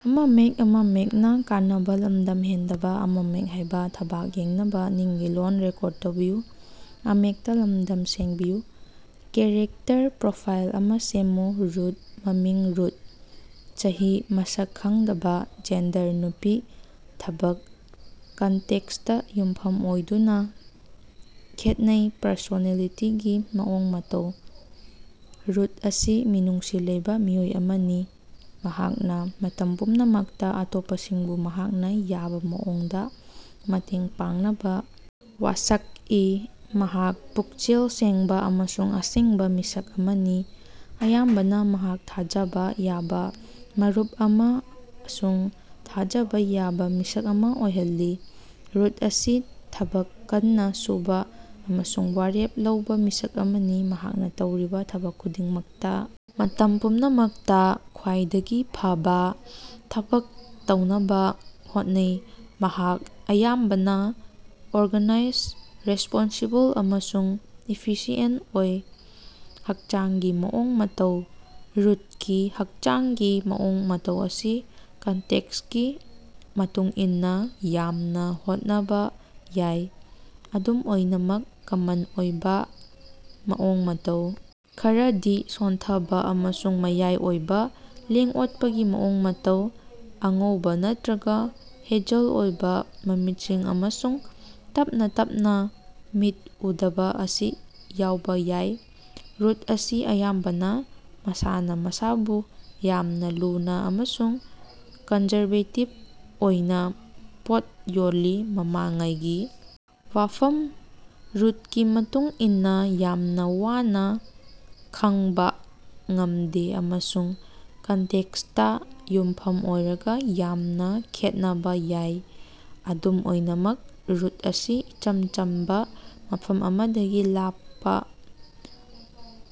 Character profile ꯑꯃ ꯁꯦꯝꯃꯨ꯫ Root. ꯃꯃꯤꯡ: ꯔꯨꯠ, ꯆꯍꯤ: ꯃꯁꯛ ꯈꯪꯗꯕꯥ, ꯖꯦꯟꯗꯔ: ꯅꯨꯄꯤ ,ꯊꯕꯛ: ꯀꯟꯇꯦꯛꯁꯇꯥ ꯌꯨꯝꯐꯝ ꯑꯣꯏꯗꯨꯅꯥ ꯈꯦꯠꯅꯩ ꯄꯔꯁꯣꯅꯦꯂꯤꯇꯤꯒꯤ ꯃꯑꯣꯡ-ꯃꯇꯧ: ꯔꯨꯠ ꯑꯁꯤ ꯃꯤꯅꯨꯡꯁꯤ ꯂꯩꯕꯥ ꯃꯤꯑꯣꯏ ꯑꯃꯅꯤ꯫ ꯃꯍꯥꯛꯅꯥ ꯃꯇꯝ ꯄꯨꯝꯅꯃꯛꯇꯥ ꯑꯇꯣꯞꯄꯁꯤꯡꯕꯨ ꯃꯍꯥꯛꯅ ꯌꯥꯕꯥ ꯃꯑꯣꯡꯗꯥ ꯃꯇꯦꯡ ꯄꯥꯡꯅꯕꯥ ꯋꯥꯁꯛꯏ꯫ ꯃꯍꯥꯛ ꯄꯨꯛꯆꯦꯜ ꯁꯦꯡꯕꯥ ꯑꯃꯁꯨꯡ ꯑꯁꯤꯡꯕꯥ ꯃꯤꯁꯛ ꯑꯃꯅꯤ, ꯑꯌꯥꯝꯕꯅꯥ ꯃꯍꯥꯛ ꯊꯥꯖꯕꯥ ꯌꯥꯕꯥ ꯃꯔꯨꯞ ꯑꯃꯁꯨꯡ ꯊꯥꯖꯕꯥ ꯌꯥꯕꯥ ꯃꯤꯁꯛ ꯑꯃ ꯑꯣꯏꯍꯜꯂꯤ꯫ ꯔꯨꯠ ꯑꯁꯤ ꯊꯕꯛ ꯀꯟꯅꯥ ꯁꯨꯕꯥ ꯑꯃꯁꯨꯡ ꯋꯥꯔꯦꯞ ꯂꯧꯕꯥ ꯃꯤꯁꯛ ꯑꯃꯅꯤ, ꯃꯍꯥꯛꯅ ꯇꯧꯔꯤꯕꯥ ꯊꯕꯛ ꯈꯨꯗꯤꯡꯃꯛꯇꯥ ꯃꯇꯝ ꯄꯨꯝꯅꯃꯛꯇꯥ ꯈ꯭ꯋꯥꯏꯗꯒꯤ ꯐꯕꯥ ꯊꯕꯛ ꯇꯧꯅꯕꯥ ꯍꯣꯠꯅꯩ꯫ ꯃꯍꯥꯛ ꯑꯌꯥꯝꯕꯅꯥ ꯑꯣꯔꯒꯥꯅꯥꯏꯖ, ꯔꯦꯁꯄꯣꯟꯁꯤꯕꯜ ꯑꯃꯁꯨꯡ ꯏꯐꯤꯁꯤꯑꯦꯟ ꯑꯣꯏ꯫ ꯍꯛꯆꯥꯡꯒꯤ ꯃꯑꯣꯡ ꯃꯇꯧ: ꯔꯨꯠꯀꯤ ꯍꯛꯆꯥꯡꯒꯤ ꯃꯑꯣꯡ ꯃꯇꯧ ꯑꯁꯤ ꯀꯟꯇꯦꯛꯁꯀꯤ ꯃꯇꯨꯡ ꯏꯟꯅꯥ ꯌꯥꯝꯅꯥ ꯈꯦꯠꯅꯕꯥ ꯌꯥꯏ꯫ ꯑꯗꯨꯝ ꯑꯣꯏꯅꯃꯛ, ꯀꯃꯟ ꯑꯣꯏꯕꯥ ꯃꯑꯣꯡ-ꯃꯇꯧ ꯈꯔꯗꯤ ꯁꯣꯟꯊꯕꯥ ꯑꯃꯁꯨꯡ ꯃꯌꯥꯏ ꯑꯣꯏꯕꯥ ꯂꯦꯡ-ꯑꯣꯠꯄꯒꯤ ꯃꯑꯣꯡ-ꯃꯇꯧ, ꯑꯉꯧꯕꯥ ꯅꯠꯇ꯭ꯔꯒꯥ ꯍꯦꯖꯜ ꯑꯣꯏꯕꯥ ꯃꯃꯤꯠꯁꯤꯡ ꯑꯃꯁꯨꯡ ꯇꯞꯅꯥ ꯇꯞꯅꯥ ꯃꯤꯠ ꯎꯗꯕꯥ ꯑꯁꯤ ꯌꯥꯎꯕ ꯌꯥꯏ꯫ ꯔꯨꯠ ꯑꯁꯤ ꯑꯌꯥꯝꯕꯅꯥ ꯃꯁꯥꯅꯥ ꯃꯁꯥꯕꯨ ꯌꯥꯝꯅ ꯂꯨꯅꯥ ꯑꯃꯁꯨꯡ ꯀꯟꯖꯔꯕꯦꯇꯤꯕ ꯑꯣꯏꯅ ꯄꯣꯠ ꯌꯣꯜꯂꯤ꯫ ꯃꯃꯥꯡꯉꯩꯒꯤ ꯋꯥꯐꯝ: ꯔꯨꯠꯀꯤ ꯃꯇꯨꯡ ꯏꯟꯅꯥ ꯌꯥꯝꯅꯥ ꯋꯥꯅꯥ ꯈꯪꯕꯥ ꯉꯝꯗꯦ ꯑꯃꯁꯨꯡ ꯀꯟꯇꯦꯛꯁꯇꯥ ꯌꯨꯝꯐꯝ ꯑꯣꯏꯔꯒꯥ ꯌꯥꯝꯅꯥ ꯈꯦꯠꯅꯕꯥ ꯌꯥꯏ꯫ ꯑꯗꯨꯝ ꯑꯣꯏꯅꯃꯛ, ꯔꯨꯠ ꯑꯁꯤ ꯏꯆꯝ ꯆꯝꯕꯥ ꯃꯐꯝ ꯑꯃꯗꯒꯤ ꯂꯥꯛꯄꯥ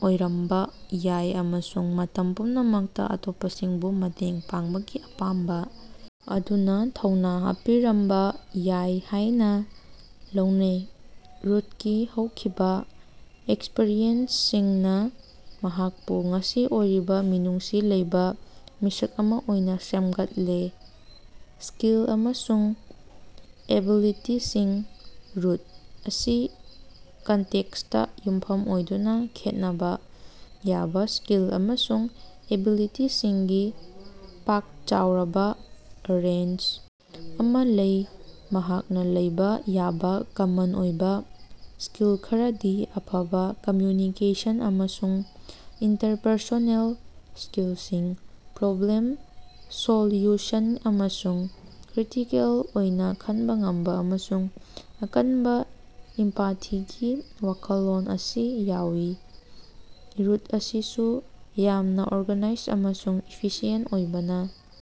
ꯑꯣꯏꯔꯝꯕꯥ ꯌꯥꯏ ꯑꯃꯁꯨꯡ ꯃꯇꯝ ꯄꯨꯝꯅꯃꯛꯇꯥ ꯑꯇꯣꯞꯄꯁꯤꯡꯕꯨ ꯃꯇꯦꯡ ꯄꯥꯡꯕꯒꯤ ꯑꯄꯥꯝꯕꯥ ꯑꯗꯨꯅꯥ ꯊꯧꯅꯥ ꯍꯥꯞꯄꯤꯔꯝꯕꯥ ꯌꯥꯏ ꯍꯥꯏꯅ ꯂꯧꯅꯩ꯫ ꯔꯨꯠꯀꯤ ꯍꯧꯈꯤꯕꯥ ꯑꯦꯛꯁꯄꯔꯤꯌꯦꯟꯁꯁꯤꯡꯅꯥ ꯃꯍꯥꯛꯄꯨ ꯉꯁꯤ ꯑꯣꯏꯔꯤꯕꯥ ꯃꯤꯅꯨꯡꯁꯤ ꯂꯩꯕꯥ ꯃꯤꯁꯛ ꯑꯃ ꯑꯣꯏꯅꯥ ꯁꯦꯝꯒꯠꯂꯦ꯫ ꯁ꯭ꯀꯤꯜ ꯑꯃꯁꯨꯡ ꯑꯦꯕꯤꯂꯤꯇꯤꯁꯤꯡ: ꯔꯨꯠ ꯑꯁꯤ ꯀꯟꯇꯦꯛꯁꯇꯥ ꯌꯨꯝꯐꯝ ꯑꯣꯏꯗꯨꯅꯥ ꯈꯦꯠꯅꯕꯥ ꯌꯥꯕ ꯁ꯭ꯀꯤꯜ ꯑꯃꯁꯨꯡ ꯑꯦꯕꯤꯂꯤꯇꯤꯁꯤꯡꯒꯤ ꯄꯥꯛ-ꯆꯥꯎꯔꯕꯥ ꯔꯦꯟꯖ ꯑꯃ ꯂꯩ꯫ ꯃꯍꯥꯛꯅꯥ ꯂꯩꯕꯥ ꯌꯥꯕꯥ ꯀꯃꯟ ꯑꯣꯏꯕ ꯁ꯭ꯀꯤꯜ ꯈꯔꯗꯤ ꯑꯐꯕꯥ ꯀꯝꯃ꯭ꯌꯨꯅꯤꯀꯦꯁꯟ ꯑꯃꯁꯨꯡ ꯏꯟꯇꯔꯄꯔꯁꯣꯅꯦꯜ ꯁ꯭ꯀꯤꯜꯁꯤꯡ, ꯄ꯭ꯔꯣꯕ꯭ꯂꯦꯝ-ꯁꯣꯜꯌꯨꯁꯟ ꯑꯃꯁꯨꯡ ꯀ꯭ꯔꯤꯇꯤꯀꯦꯜ ꯑꯣꯏꯅ ꯈꯟꯕꯥ ꯉꯝꯕꯥ, ꯑꯃꯁꯨꯡ ꯑꯀꯟꯕꯥ ꯏꯝꯄꯥꯊꯤꯒꯤ ꯋꯥꯈꯜꯂꯣꯟ ꯑꯁꯤ ꯌꯥꯎꯏ꯫ ꯔꯨꯠ ꯑꯁꯤꯁꯨ ꯌꯥꯝꯅꯥ ꯑꯣꯔꯒꯅꯥꯏꯖ ꯑꯃꯁꯨꯡ ꯏꯐꯤꯁꯤꯌꯦꯟ ꯑꯣꯏꯕꯅꯥ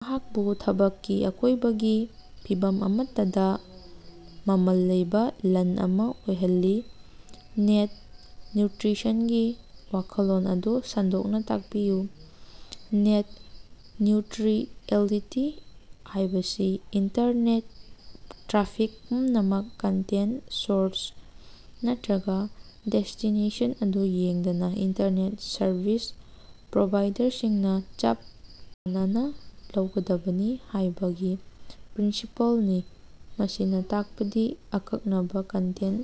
ꯃꯍꯥꯛꯄꯨ ꯊꯕꯛꯀꯤ ꯑꯀꯣꯏꯕꯒꯤ ꯐꯤꯚꯝ ꯑꯃꯠꯇꯗꯥ ꯃꯃꯜ ꯂꯩꯕꯥ ꯂꯟ ꯑꯃ ꯑꯣꯏꯍꯜꯂꯤ꯫ ꯅꯦꯠ ꯅ꯭ꯌꯨꯇ꯭ꯔꯤꯁꯟꯒꯤ ꯋꯥꯈꯜꯂꯣꯟ ꯑꯗꯨ ꯁꯟꯗꯣꯛꯅꯥ ꯇꯥꯛꯄꯤꯌꯨ꯫ ꯅꯦꯠ ꯅ꯭ꯌꯨꯇ꯭ꯔꯤꯑꯦꯂꯤꯇꯤ ꯍꯥꯏꯕꯁꯤ ꯏꯟꯇꯔꯅꯦꯠ ꯇ꯭ꯔꯥꯐꯤꯛ ꯄꯨꯝꯅꯃꯛ ꯀꯟꯇꯦꯟ, ꯁꯣꯔꯁ, ꯅꯠꯇ꯭ꯔꯒꯥ ꯗꯦꯁꯇꯤꯅꯦꯁꯟ ꯑꯗꯨ ꯌꯦꯡꯗꯅꯥ ꯏꯟꯇꯔꯅꯦꯠ ꯁꯔꯚꯤꯁ ꯄ꯭ꯔꯣꯚꯥꯏꯗꯔꯁꯤꯡ ꯅꯥ ꯆꯞ ꯃꯥꯟꯅꯅꯥ ꯂꯧꯒꯗꯕꯅꯤ ꯍꯥꯏꯕꯒꯤ ꯄ꯭ꯔꯤꯟꯁꯤꯄꯜꯅꯤ꯫ ꯃꯁꯤꯅꯥ ꯇꯥꯛꯄꯗꯤ ꯑꯀꯛꯅꯕꯥ ꯀꯟꯇꯦꯟ,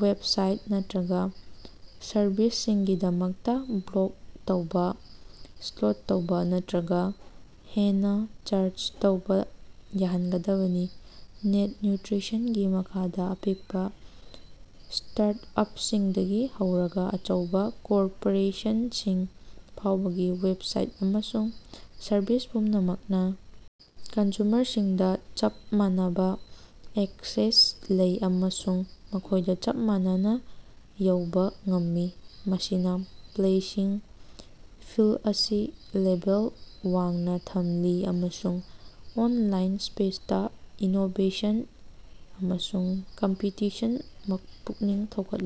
ꯋꯦꯕꯁꯥꯏꯠ ꯅꯠꯇ꯭ꯔꯒꯥ ꯁꯔꯚꯤꯁꯁꯤꯡꯒꯤꯗꯃꯛꯇꯥ ꯕ꯭ꯂꯣꯛ ꯇꯧꯕꯥ, ꯁ꯭ꯂꯣꯗ ꯇꯧꯕꯥ ꯅꯠꯇ꯭ꯔꯒꯥ ꯍꯦꯟꯅꯥ ꯆꯥꯔꯖ ꯇꯧꯕꯥ ꯌꯥꯍꯟꯒꯗꯕꯅꯤ꯫ ꯅꯦꯠ ꯅ꯭ꯌꯨꯇ꯭ꯔꯤꯁꯟꯒꯤ ꯃꯈꯥꯗꯥ, ꯑꯄꯤꯛꯄꯥ ꯁ꯭ꯇꯥꯔꯠꯑꯞꯁꯤꯡꯗꯒꯤ ꯍꯧꯔꯒꯥ ꯑꯆꯧꯕꯥ ꯀꯣꯔꯄꯣꯔꯦꯁꯟꯁꯤꯡ ꯐꯥꯎꯕꯒꯤ ꯋꯦꯕꯁꯥꯏꯠ ꯑꯃꯁꯨꯡ ꯁꯔꯚꯤꯁ ꯄꯨꯝꯅꯃꯛꯅꯥ ꯀꯟꯖꯨꯃꯔꯁꯤꯡꯗꯥ ꯆꯞ ꯃꯥꯟꯅꯕꯥ ꯑꯦꯛꯁꯦꯁ ꯂꯩ ꯑꯃꯁꯨꯡ ꯃꯈꯣꯏꯗꯥ ꯆꯞ ꯃꯥꯟꯅꯅꯥ ꯌꯧꯕꯥ ꯉꯝꯃꯤ꯫ ꯃꯁꯤꯅꯥ ꯄ꯭ꯂꯦꯌꯤꯡ ꯐꯤꯜꯑꯁꯤ ꯂꯦꯚꯦꯜ ꯋꯥꯡꯅꯥ ꯊꯝꯂꯤ ꯑꯃꯁꯨꯡ ꯑꯣꯟꯂꯥꯏꯟ ꯁ꯭ꯄꯦꯁꯇꯥ ꯏꯅꯣꯕꯦꯁꯟ ꯑꯃꯁꯨꯡ ꯀꯝꯄꯤꯇꯤꯁꯟ ꯄꯨꯛꯅꯤꯡ ꯊꯧꯒꯠꯂꯤ꯫